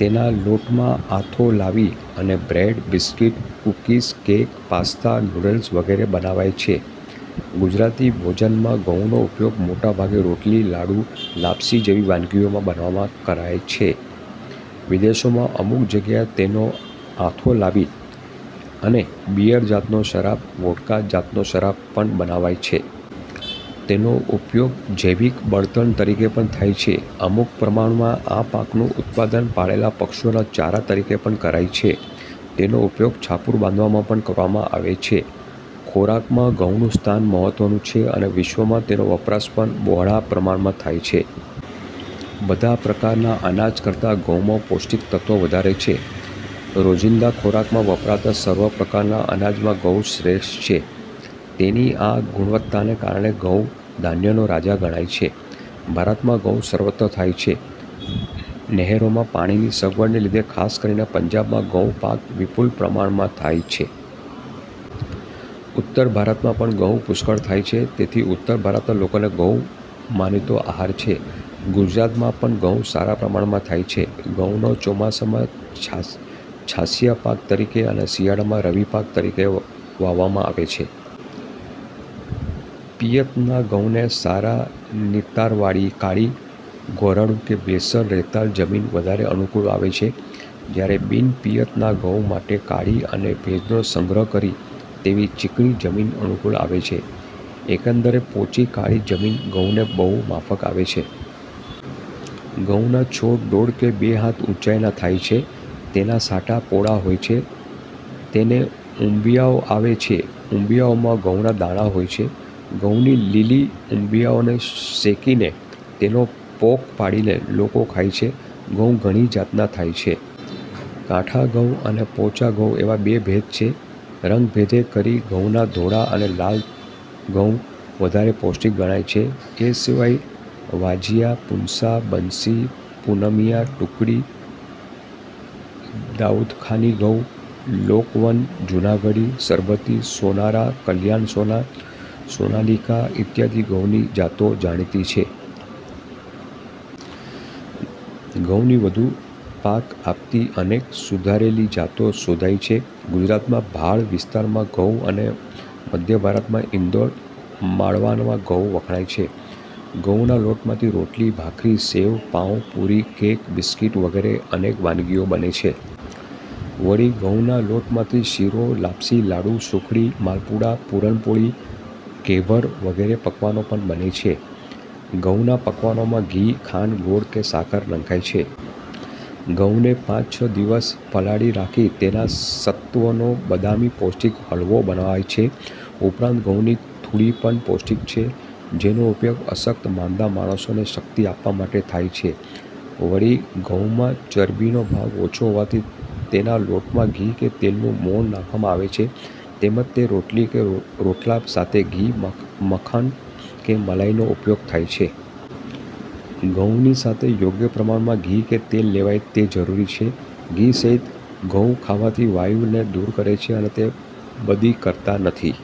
તેના લોટમાં આથો લાવી અને bread, biscuit, cookies, cake, pasta, noodles વગેરે બનાવાય છે. ગુજરાતી ભોજનમાં ઘઉંનો ઉપયોગ મોટા ભાગે રોટલી, લાડુ, લાપસી જેવી વાનગીઓ બનાવવામાં કરાય છે. વિદેશોમાં અમુક જગ્યાએ તેમાં આથો લાવી અને બિયર જાતનો શરાબ, વોડકા જાતનો શરાબ, પણ બનાવાય છે. તેનો ઉપયોગ જૈવિક બળતણ તરીકે પણ થાય છે. અમુક પ્રમાણમાં આ પાકનું ઉત્પાદન પાળેલા પશુઓના ચારા તરીકે પણ કરાય છે. તેનો ઉપયોગ છાપરું બાંધવામાં પણ કરવામાં આવે છે. ખોરાકમાં ઘઉંનું સ્થાન મહત્ત્વનું છે અને વિશ્વમાં તેનો વપરાશ પણ બહોળા પ્રમાણમાં થાય છે. બધા પ્રકારના અનાજ કરતાં ઘઉંમાં પૌષ્ટિક તત્વ વધારે છે. રોજિંદા ખોરાકમાં વપરાતા સર્વ પ્રકારના અનાજમાં ઘઉં શ્રેષ્ઠ છે. તેની આ ગુણવત્તાને કારણે ઘઉં ધાન્યનો રાજા ગણાય છે. ભારતમાં ઘઉં સર્વત્ર થાય છે. નહેરોના પાણીની સગવડને લીધે ખાસ કરીને પંજાબમાં ઘઉંનો પાક વિપુલ પ્રમાણમાં થાય છે. ઉત્તર ભારતમાં પણ ઘઉં પુષ્કળ થાય છે તેથી ઉત્તર ભારતના લોકોમાં ઘઉં માનીતો આહાર છે. ગુજરાતમાં પણ ઘઉં સારા પ્રમાણમાં થાય છે. ઘઉંને ચોમાસામાં છાશિયા પાક તરીકે અને શિયાળામાં રવિપાક તરીકે વાવવામાં આવે છે. પિયતના ઘઉંને સારા નિતારવાળી કાળી, ગોરાડું કે બેસર રેતાળ જમીન વધારે અનુકૂળ આવે છે, જ્યારે બિન-પિયત ના ઘઉં માટે કાળી અને ભેજનો સંગ્રહ કરે તેવી ચીકણી જમીન અનુકૂળ આવે છે. એકંદરે પોચી કાળી જમીન ઘઉંને વધુ માફક આવે છે. ઘઉંના છોડ દોઢ-બે હાથ ઊંચાઈના થાય છે. તેના સાંઠા પોલા હોય છે. તેને ઉંબીઓ આવે છે. ઉંબીઓમાં ઘઉંના દાણા હોય છે. ઘઉંની લીલી ઉંબીઓને શેકીને તેનો પોંક પાડીને લોકો ખાય છે. ઘઉં ઘણી જાતના થાય છે. કાઠા ઘઉં અને પોચા ઘઉં એવા બે ભેદ છે. રંગભેદે કરી ઘઉંના ધોળા અને લાલ ઘઉં વધારે પૌષ્ટિક ગણાય છે. એ સિવાય વાજિયા, પૂંસા, બન્સી, પૂનમિયા, ટુકડી, દાઉદખાની ઘઉં, લોક વન, જૂનાગઢી, સરબતી, સોનારા, કલ્યાણ સોના, સોનાલીકા ઈત્યાદિ ઘઉંની જાતો જાણીતી છે. ઘઉંની વધુ પાક આપતી અનેક સુધારેલી જાતો શોધાઈ છે. ગુજરાતના ભાલ વિસ્તારના ઘઉં અને મધ્ય ભારતમાં ઇન્દૌર માળવાના ઘઉં વખણાય છે. ઘઉંના લોટમાંથી રોટલી, ભાખરી, સેવ, પાઉં, પૂરી, કેક, બિસ્કીટ વગેરે અનેક વાનગીઓ બને છે. વળી ઘઉંના લોટમાંથી શીરો, લાપશી, લાડુ, સુખડી, માલપુડા, પૂરણ પોળી, ઘેબર વગેરે પકવાનો પણ બને છે. ઘઉના પકવાનોમાં ઘી, ખાંડ, ગોળ કે સાકર નંખાય છે. ઘઉંને પાંચ-છ દિવસ પલાળી રાખી તેના સત્વનો બદામી પૌષ્ટિક હલવો બનાવાય છે. ઉપરાંત ઘઉંની થૂલી પણ પૌષ્ટિક છે. જેનો ઉપયોગ અશક્ત- માંદા માણસોને શક્તિ આપવા માટે થાય છે. વળી ઘઉંમાં ચરબીનો ભાગ ઓછો હોવાથી તેના લોટમાં ઘી કે તેલનું મોંણ નાખવામાં આવે છે તેમજ તે રોટલી કે રોટલા સાથે ઘી, માખણ કે મલાઈનો ઉપયોગ થાય છે. ઘઉંની સાથે યોગ્ય પ્રમાણના ઘી કે તેલ લેવાય તે જરૂરી છે. ઘી સહિત ઘઉં ખાવાથી વાયુ ને દૂર કરે છે અને તે બદી કરતા નથી.